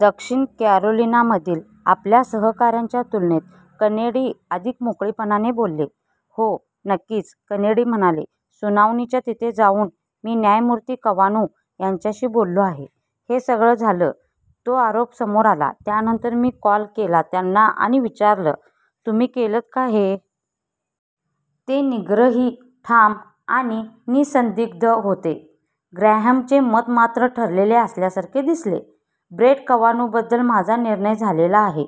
दक्षिण कॅरोलिनामधील आपल्या सहकाऱ्याच्या तुलनेत केनेडी अधिक मोकळेपणाने बोलले. "हो, नक्कीच," केनेडी म्हणाले. "सुनावणीच्या तिथे जाऊन मी न्यायमूर्ती कवानु यांच्याशी बोललो आहे. हे सगळं झालं, तो आरोप समोर आला त्यानंतर मी कॉल केला त्यांना आणि विचारलं, 'तुम्ही केलंत का हे? ' ते निग्रही, ठाम आणि निःसंदिग्ध होते. " ग्रॅहमचे मत, मात्र, ठरलेले असल्यासारखे दिसले. "ब्रेट कवानुबद्दल माझा निर्णय झालेला आहे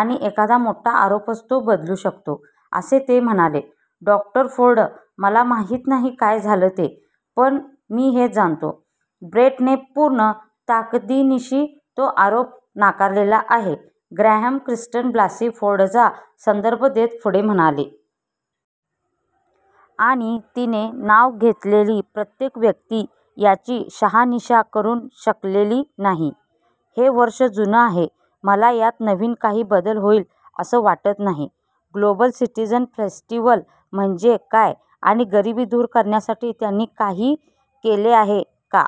आणि एखादा मोठा आरोपच तो बदलू शकतो," असे ते म्हणाले. "डॉ. फोर्ड, मला माहीत नाही काय झालं ते, पण मी हे जाणतो: ब्रेटने पूर्ण ताकदीनिशी तो आरोप नाकारलेला आहे," ग्रॅहम क्रिस्टिन ब्लासी फोर्डचा संदर्भ देत पुढे म्हणाले. "आणि तिने नाव घेतलेली प्रत्येक व्यक्ती याची शहानिशा करू शकलेली नाही. हे वर्षे जुनं आहे. मला यात नवीन काही बदल होईल असं वाटत नाही. " ग्लोबल सिटीझन फेस्टिव्हल म्हणजे काय आणि गरिबी दूर करण्यासाठी त्यांनी काही केले आहे का?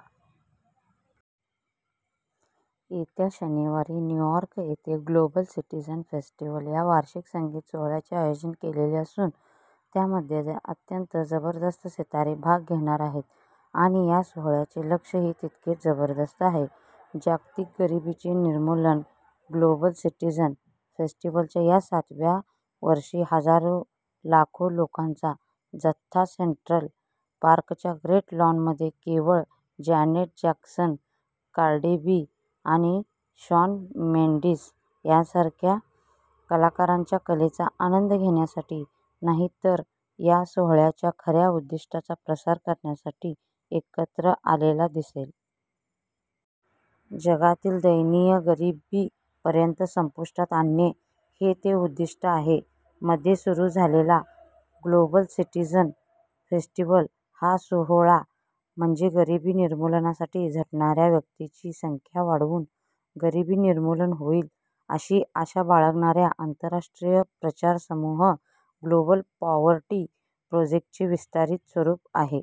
येत्या शनिवारी न्यूयॉर्क येथे ग्लोबल सिटिझन फेस्टिव्हल या वार्षिक संगीत सोहोळ्याचे आयोजन केलेले असून त्यामध्ये अत्यंत जबरदस्त सितारे भाग घेणार आहेत आणि या सोहोळ्याचे लक्ष्यही तितकेच जबरदस्त आहे; जागतिक गरिबीचे निर्मूलन. ग्लोबल सिटीझन फेस्टिव्हलच्या या सातव्या वर्षी हजारो लाखो लोकांचा जत्था सेंट्रल पार्कच्या ग्रेट लॉनमध्ये केवळ जॅनेट जॅक्सन, कार्डी बी आणि शॉन मेन्डिस यांसारख्या कलाकारांच्या कलेचा आनंद घेण्यासाठी नाही तर या सोहोळ्याच्या खऱ्या उद्दिष्टाचा प्रसार करण्यासाठी एकत्र आलेला दिसेल. जगातील दयनीय गरिबी पर्यंत संपुष्टात आणणे हे ते उद्दिष्ट आहे. मध्ये सुरु झालेला ग्लोबल सिटीझन फेस्टिव्हल हा सोहोळा म्हणजे गरिबी निर्मूलनासाठी झटणाऱ्या व्यक्तींची संख्या वाढवून गरिबी निर्मूलन होईल अशी आशा बाळगणाऱ्या आंतरराष्ट्रीय प्रचार समूह ग्लोबल पॉवर्टी प्रोजेक्टचे विस्तारीत स्वरूप आहे.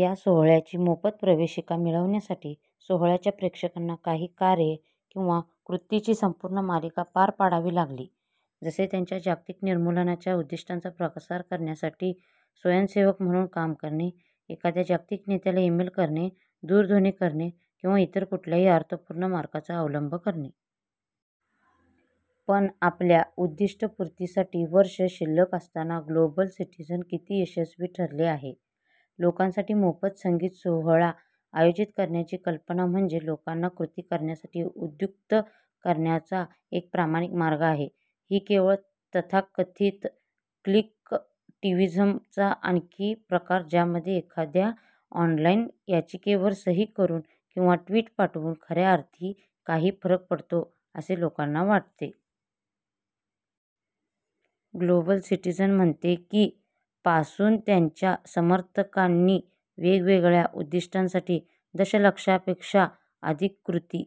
या सोहोळ्याची मोफत प्रवेशिका मिळविण्यासाठी, सोहोळ्याच्या प्रेक्षकांना काही कार्ये किंवा "कृतींची" संपूर्ण मालिका पार पाडावी लागली. जसे त्यांच्या जागतिक निर्मूलनाच्या उद्दिष्टाचा प्रसार करण्यासाठी स्वयंसेवक म्हणून काम करणे, एखाद्या जागतिक नेत्याला ईमेल करणे, दूरध्वनी करणे किंवा इतर कुठल्याही अर्थपूर्ण मार्गाचा अवलंब करणे. पण आपल्या उद्दिष्टपूर्तीसाठी वर्षे शिल्लक असताना ग्लोबल सिटीझन किती यशस्वी ठरले आहे? लोकांसाठी मोफत संगीत सोहोळा आयोजित करण्याची कल्पना म्हणजे लोकांना कृती करण्यासाठी उद्युक्त करण्याचा एक प्रामाणिक मार्ग आहे की केवळ तथाकथित "क्लिकटिव्हिजम" चा आणखी प्रकार-ज्यामध्ये एखाद्या ऑनलाईन याचिकेवर सही करून किंवा ट्विट पाठवून खऱ्या अर्थी काही फरक पडतो असे लोकांना वाटते? ग्लोबल सिटीझन म्हणते की पासून त्यांच्या समर्थकांनी वेगवेगळ्या उद्दिष्टांसाठी दशलक्षपेक्षा अधिक "कृती"